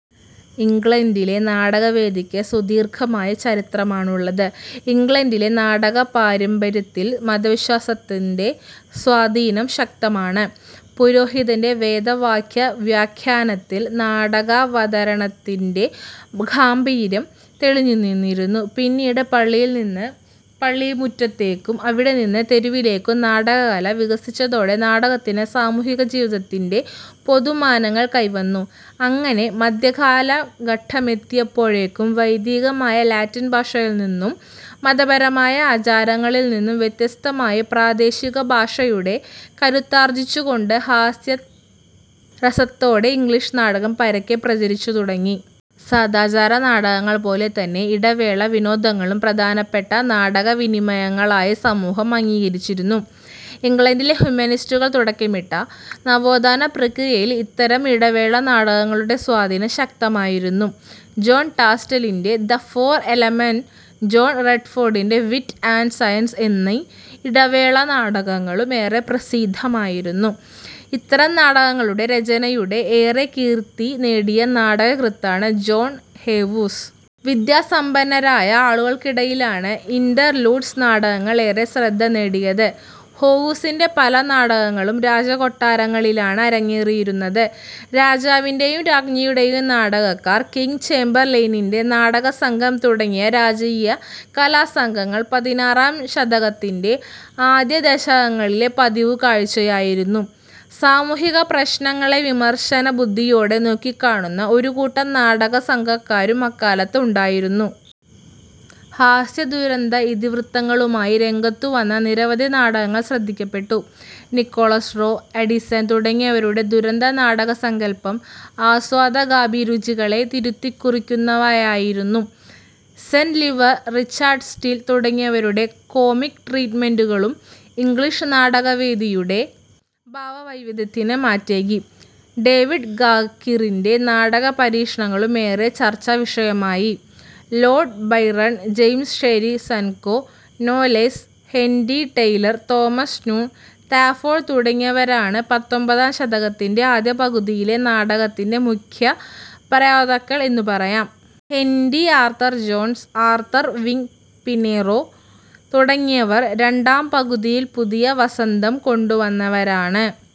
ഇംഗ്ലണ്ടിലെ നാടകവേദിക്ക് സുദീർഘമായ ചരിത്രമാണുള്ളത്. ഇംഗ്ലണ്ടിലെ നാടകപാരമ്പര്യത്തിൽ മതവിശ്വാസത്തിന്റെ സ്വാധീനം ശക്തമാണ്. പുരോഹിതന്റെ വേദവാക്യവ്യാഖ്യാനത്തിൽ നാടകാവതരണത്തിന്റെ ഗാംഭീര്യം തെളിഞ്ഞുനിന്നിരുന്നു. പിന്നീട് പള്ളിയിൽനിന്ന് പള്ളിമുറ്റത്തേക്കും അവിടെനിന്ന് തെരുവിലേക്കും നാടകകല വികസിച്ചതോടെ നാടകത്തിന് സാമൂഹിക ജീവിതത്തിന്റെ പൊതുമാനങ്ങൾ കൈവന്നു. അങ്ങനെ മധ്യകാലഘട്ടമെത്തിയപ്പോഴേക്കും വൈദികമായ ലാറ്റിൻഭാഷയിൽനിന്നും മതപരമായ ആചാരങ്ങളിൽനിന്നും വ്യത്യസ്തമായി പ്രാദേശികഭാഷയുടെ കരുത്താർജിച്ചുകൊണ്ട് ഹാസ്യരസത്തോടെ ഇംഗ്ലീഷ് നാടകം പരക്കെ പ്രചരിച്ചുതുടങ്ങി. സദാചാര നാടകങ്ങൾപോലെതന്നെ ഇടവേള വിനോദങ്ങളും പ്രധാനപ്പെട്ട നാടകവിനിമയങ്ങളായി സമൂഹം അംഗീകരിച്ചിരുന്നു. ഇംഗ്ലണ്ടിലെ ഹ്യൂമനിസ്റ്റുകൾ തുടക്കമിട്ട നവോത്ഥാനപ്രക്രിയയിൽ ഇത്തരം ഇടവേള നാടകങ്ങളുടെ സ്വാധീനം ശക്തമായിരുന്നു. ജോൺ റാസ്ടലിന്റെ ദ് ഫോർ എലമെന്റ്സ്, ജോൺ റെഡ്ഫോഡിന്റെ വിറ്റ് ആൻഡ് സയൻസ് എന്നീ ഇടവേള നാടകങ്ങളും ഏറെ പ്രസിദ്ധമായിരുന്നു. ഇത്തരം നാടകങ്ങളുടെ രചനയിലൂടെ ഏറെ കീർത്തി നേടിയ നാടകകൃത്താണ് ജോൺ ഹേവുസ്. വിദ്യാസമ്പന്നരായ ആളുകൾക്കിടയിലാണ് ഇൻർലൂഡ്സ് നാടകങ്ങൾ ഏറെ ശ്രദ്ധ നേടിയത്. ഹോവുസിന്റെ പല നാടകങ്ങളും രാജകൊട്ടാരങ്ങളിലാണ് അരങ്ങേറിയിരുന്നത്. രാജാവിന്റെയും രാജ്ഞിയുടെയും നാടകക്കാർ, കിങ് ചേംബർ ലെയിനിന്റെ നാടകസംഘം തുടങ്ങിയ രാജകീയ കലാസംഘങ്ങൾ പതിനാറാം ശതകത്തിന്റെ ആദ്യദശകങ്ങളിലെ പതിവുകാഴ്ചയായിരുന്നു. സാമൂഹിക പ്രശ്നങ്ങളെ വിമർശന ബുദ്ധിയോടെ നോക്കിക്കാണുന്ന ഒരുകൂട്ടം നാടകസംഘക്കാരും അക്കാലത്ത് ഉണ്ടായിരുന്നു. ഹാസ്യ-ദുരന്ത ഇതിവൃത്തങ്ങളുമായി രംഗത്തുവന്ന നിരവധി നാടകങ്ങൾ ശ്രദ്ധിക്കപ്പെട്ടു. നിക്കോളാസ് റോ, അഡിസൺ തുടങ്ങിയവരുടെ ദുരന്ത നാടകസങ്കല്പം ആസ്വാദകാഭിരുചികളെ തിരുത്തിക്കുറിക്കുന്നവയായിരുന്നു. സെന്റ് ലിവർ, റിച്ചാഡ് സ്റ്റീൽ തുടങ്ങിയവരുടെ കോമിക് ട്രീറ്റുമെന്റുകളും ഇംഗ്ലീഷ് നാടകവേദിയുടെ ഭാവവൈവിധ്യത്തിന് മാറ്റേകി. ഡേവിഡ് ഗാറിക്കിന്റെ നാടകപരീക്ഷണങ്ങളും ഏറെ ചർച്ചാവിഷയമായി. Lord Byron, James Sheridan, Knowles, Henry Taylor, Thomas Noon Talfourd തുടങ്ങിയവരാണ് പത്തൊൻപതാം ശതകത്തിന്റെ ആദ്യപകുതിയിലെ നാടകത്തിന്റെ മുഖ്യ പ്രയോക്താക്കൾ എന്നു പറയാം. Henry Arthur Jones, Arthur Wing Pinero തുടങ്ങിവർ രണ്ടാംപകുതിയിൽ പുതിയ വസന്തംകൊണ്ടുവന്നവരാണ്.